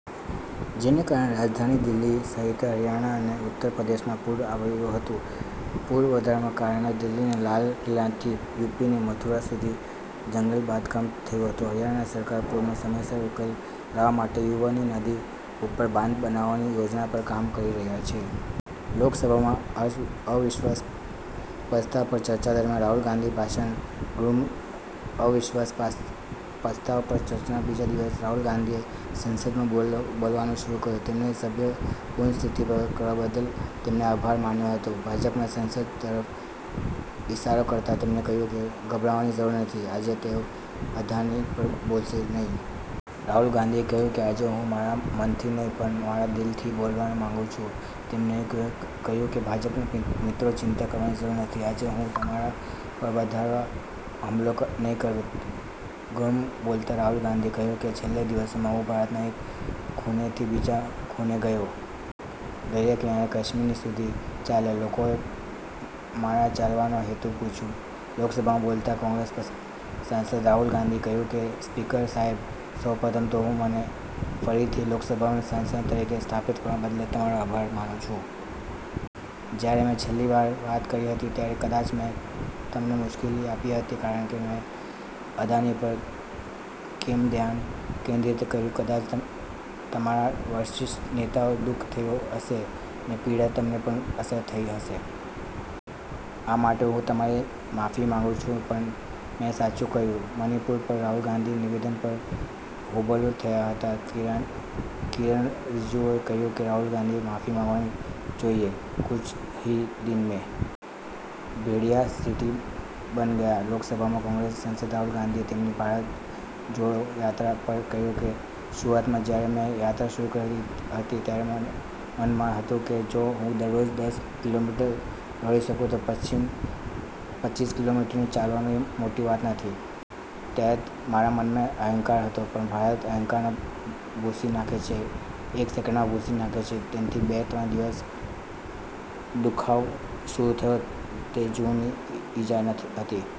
જેના કારણે રાજધાની દિલ્હી સહિત હરિયાણા અને ઉત્તર પ્રદેશમાં પુર આવ્યું હતું. પૂર વધવાના કારણે દિલ્હીના લાલ કિલ્લાથી યુપીના મથુરા સુધી જળબંબાકાર થયું હતું. હરિયાણા સરકારે પૂરની સમસ્યાનો ઉકેલ લાવવા માટે યમુના નદી ઉપર બાંધ બનાવવાની યોજના પર કામ કરી રહી છે. લોકસભામાં અવિશ્વાસ પ્રસ્તાવ પર ચર્ચા દરમિયાન રાહુલ ગાંધીનું ભાષણ. ગૃહમાં અવિશ્વાસ પ્રસ્તાવ પર ચર્ચાના બીજા દિવસે રાહુલ ગાંધીએ સંસદમાં બોલવાનું શરૂ કર્યું. તેમણે સભ્યપદ પુનઃસ્થાપિત કરવા બદલ તેમનો આભાર માન્યો હતો. ભાજપના સાંસદો તરફ ઈશારો કરતા તેમણે કહ્યું કે ગભરાવાની જરૂર નથી, આજે તેઓ અદાણી પર બોલશે નહીં. રાહુલ ગાંધીએ કહ્યું કે આજે હું મારા મનથી નહીં પણ મારા દિલથી બોલવા માંગુ છું. તેમણે કહ્યું કે ભાજપના મિત્રોએ ચિંતા કરવાની જરૂર નથી, આજે હું તમારા પર વધારે હુમલો નહીં કરું. ગૃહમાં બોલતા રાહુલ ગાંધીએ કહ્યું કે છેલ્લા દિવસોમાં હું ભારતના એક ખૂણેથી બીજા ખૂણે ગયો. દરિયાકિનારેથી કાશ્મીર સુધી ચાલ્યા. લોકોએ મારા ચાલવાનો હેતુ પૂછ્યો. લોકસભામાં બોલતા કોંગ્રેસના સાંસદ રાહુલ ગાંધીએ કહ્યું કે સ્પીકર સાહેબ, સૌ પ્રથમ તો હું મને ફરીથી લોકસભાના સાંસદ તરીકે સ્થાપિત કરવા બદલ તમારો આભાર માનું છું. જ્યારે મેં છેલ્લી વાર વાત કરી હતી ત્યારે કદાચ મેં તમને મુશ્કેલી આપી હતી કારણ કે મેં અદાણી પર કેમ ધ્યાન કેન્દ્રિત કર્યું કદાચ તમારા વરિષ્ઠ નેતાને દુઃખ થયું હશે. એ પીડા તમને પણ અસર થઈ હશે. આ માટે હું તમારી માફી માંગુ છું પણ મેં સાચું કહ્યું. મણિપુર પર રાહુલ ગાંધીના નિવેદન પર હોબાળો થયો હતો, કિરણ રિજિજુએ કહ્યું કે, રાહુલ ગાંધીએ માફી માંગવી જોઈએ. "કુછ હી દીન મે ભેડિયા ચીટી બન ગયા": લોકસભામાં કોંગ્રેસ સાંસદ રાહુલ ગાંધીએ તેમની ભારત જોડો યાત્રા પર કહ્યું કે, શરૂઆતમાં જ્યારે મેં યાત્રા શરૂ કરી ત્યારે મારા મનમાં હતું કે, જો હું દરરોજ દસ કિલોમીટર દોડી શકું તો પચ્ચીસ કિલોમીટર ચાલવું એ મોટી વાત નથી. ત્યારે મારા મનમાં અહંકાર હતો, પણ ભારત અહંકારને ભૂંસી નાખે છે, એક સેકન્ડમાં ભૂંસી નાખે છે. તેથી બે-ત્રણ દિવસમાં ઘૂંટણનો દુખાવો શરૂ થયો, તે જૂની ઈજા હતી.